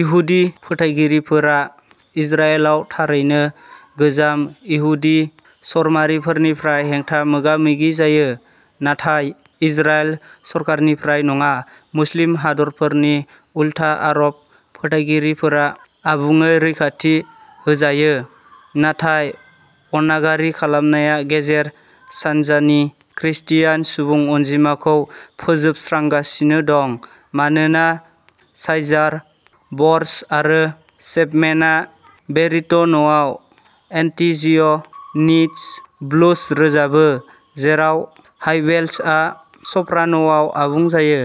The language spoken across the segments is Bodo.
इहुदि फोथायगिरिफोरा इजराइलाव थारैनो गोजाम इहुदि चरमारिफोरनिफ्राय हेंथा मोगा-मोगि जायो, नाथाय इजराइल सरखारनिफ्राय नङा। मुस्लिम हादरफोरनि उलथा, आरब फोथायगिरिफोरा आबुङै रैखाथि होजायो। नाथाय अनागारि खालामनाया गेजेर सानजानि ख्रिस्टियान सुबुं अनजिमाखौ फोजोबस्रांगासिनो दं मानोना साइजार, बर्ज आरो चेपमेनआ बेरिट'नआव एन्टि-जिय'निस्ट ब्लुज रोजाबो, जेराव हाइबेल्सआ सप्रान'आव आबुं जायो।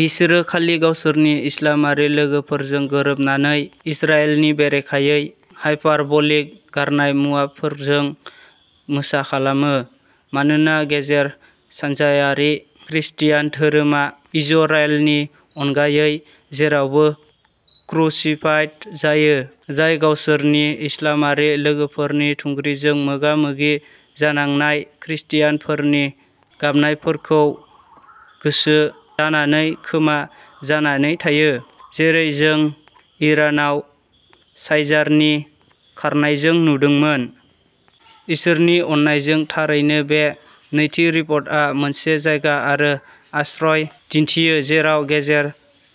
बिसोरो खालि गावसोरनि इस्लामारि लोगोफोरजों गोरोबनानै इजराइलनि बेरेखायै हायपारबलिक गारनाय मुवाफोरजों मोसाखालामो, मानोना गेजेर सानजायारि ख्रिस्टियान धोरोमा इज'राइलनि अनगायै जेरावबो क्रुसिफाइड जायो, जाय गावसोरनि इस्लामारि लोगोफोरनि थुंग्रिजों मोगा-मोगि जानांनाय ख्रिस्टियानफोरनि गाबनायफोरखौ गोसो जानानै खोमा जानानै थायो, जेरै जों इरानाव साइजारनि खारनायजों नुदोंमोन। इसोरनि अननायजों, थारैनो बे नैथि रिपर्टआ मोनसे जायगा आरो आश्रय दिन्थियो जेराव गेजेर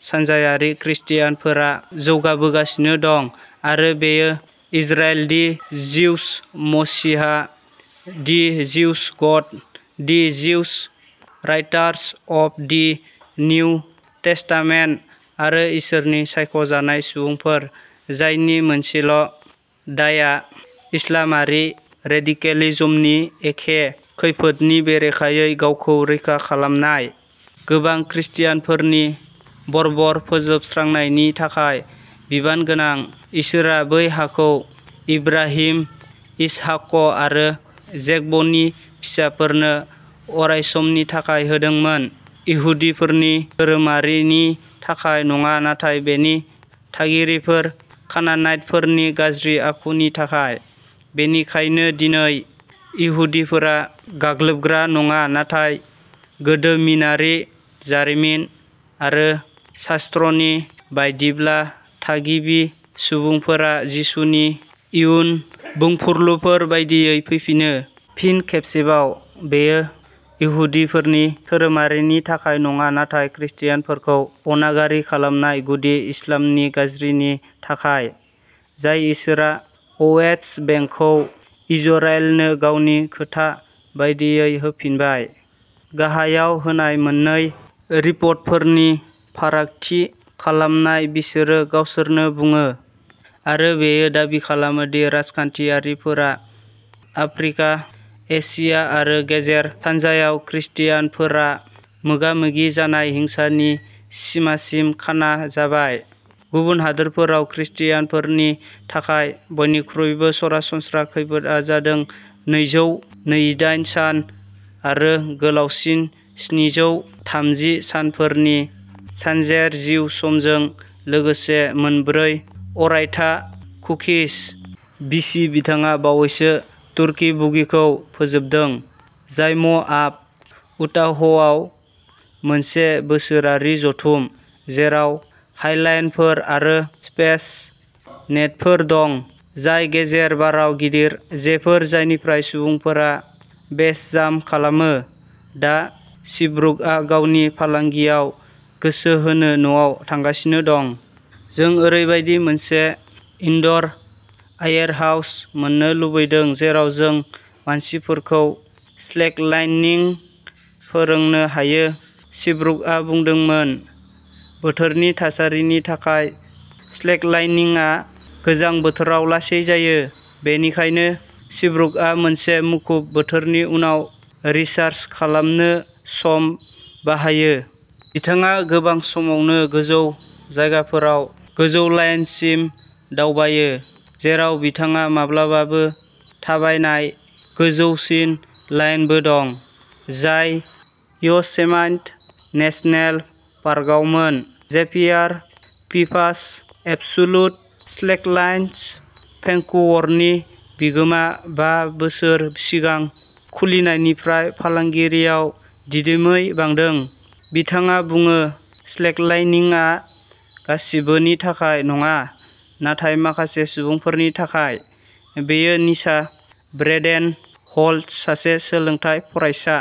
सानजायारि ख्रिस्टियानफोरा जौगाबोगासिनो दं, आरो बेयो इजराइल-दि जिउस मसिहा, दि जिउस गड, the Jews writers of the New Testament, आरो इसोरनि सायख'जानाय सुबुंफोर जायनि मोनसेल' दायआ इस्लामारि रेडिकेलिजमनि एखे खैफोदनि बेरेखायै गावखौ रैखा खालामनाय। गोबां ख्रिस्टियानफोरनि बर्बर फोजोबस्रांनायनि थाखाय बिबान गोनां। इसोरआ बै हाखौ इब्राहिम, इसहाक' आरो जेकब'नि फिसाफोरनो अरायसमनि थाखाय होदोंमोन इहुदिफोरनि धोरोमारिनि थाखाय नङा नाथाय बेनि थागिरिफोर कानानाइटफोरनि गाज्रि आखुनि थाखाय। बेनिखायनो दिनै, इहुदिफोरा गाग्लोबग्रा नङा नाथाय गोदोमिनारि, जारिमिन आरो शास्त्रनि बायदिब्ला थागिबि सुबुंफोरा जिसुनि इयुन बुंफुरलुफोर बायदियै फैफिनो। फिन खेबसेबाव, बेयो इहुदिफोरनि धोरोमारिनि थाखाय नङा नाथाय ख्रिस्टियानफोरखौ अनागारि खालामनाय गुदि इस्लामनि गाज्रिनि थाखाय, जाय इसोरआ अवेस्ट बेंकखौ इज'राइलनो गावनि खोथा बायदियै होफिनबाय। गाहायाव होनाय मोननै रिपर्टफोरनि फारागथि खालाम बिसोरो गावसोरनो बुङो। आरो बेयो दाबि खालामोदि राजखान्थियारिफोरा आफ्रिका, एसिया आरो गेजेर सानजायावख्रिस्टियानफोरा मोगा-मोगि जानाय हिंसानि सिमासिम "खाना" जाबाय। गुबुन हादोरफोराव ख्रिस्टियानफोरनि थाखाय बयनिख्रुइबो सरासनस्रा खैफोदआ जादों नैजौ नैजिदाइन सान आरो गोलावसिन स्निजौ थामजि सानफोरनि सानजेर जिउ समजों लोगोसे मोन ब्रै अरायथा कुकिस। बि. सि. बिथाङा बावैसो "तुर्की बुगी" खौ फोजोबदों, जाय म'आब, उटाहआव मोनसे बोसोरारि जथुम, जेराव हाइलाइनफोर आरो स्पेस नेटफोर दं, जाय गेजेर बाराव गिदिर जेफोर जायनिफ्राय सुबुंफोरा बेस जाम्प खालामो। दा, सिब्रुकआ गावनि फालांगियाव गोसो होनो न'आव थांगासिनो दं। जों ओरैबायदि मोनसे इनड'र आयेरहाउस मोननो लुगैदों जेराव जों मानसिफोरखौ स्लेकलाइनिं फोरोंनो हायो सिब्रुकआ बुंदोंमोन। बोथोरनि थासारिनि थाखाय स्लेकलाइनिंआ गोजां बोथोराव लासै जायो, बेनिखायनो सिब्रुकआ मोनसे मुखुब बोथोरनि उनाव रिचार्ज खालामनो सम बाहायो। बिथाङा गोबां समावनो गोजौ जायगाफोराव गोजौ लाइनसिम दावबायो, जेराव बिथाङा माब्लाबाबो थाबायनाय गोजौसिन लाइनबो दं, जाय य'सेमाइट नेसनेल पार्कआवमोन। जेभियार भिभास, एबसुलुट स्लेकलाइन्स भेंकुवरनि बिगोमा, बा बोसोर सिगां खुलिनायनिफ्राय फालांगियाव दिदोमै बांदों। बिथाङा बुङो स्लेकलाइनिंआ गासिबोनि थाखाय नङा, नाथाय माखासे सुबुंफोरनि थाखाय, बेयो निसा। ब्रेडेन हल्ट, सासे सोलोंथाय फरायसा।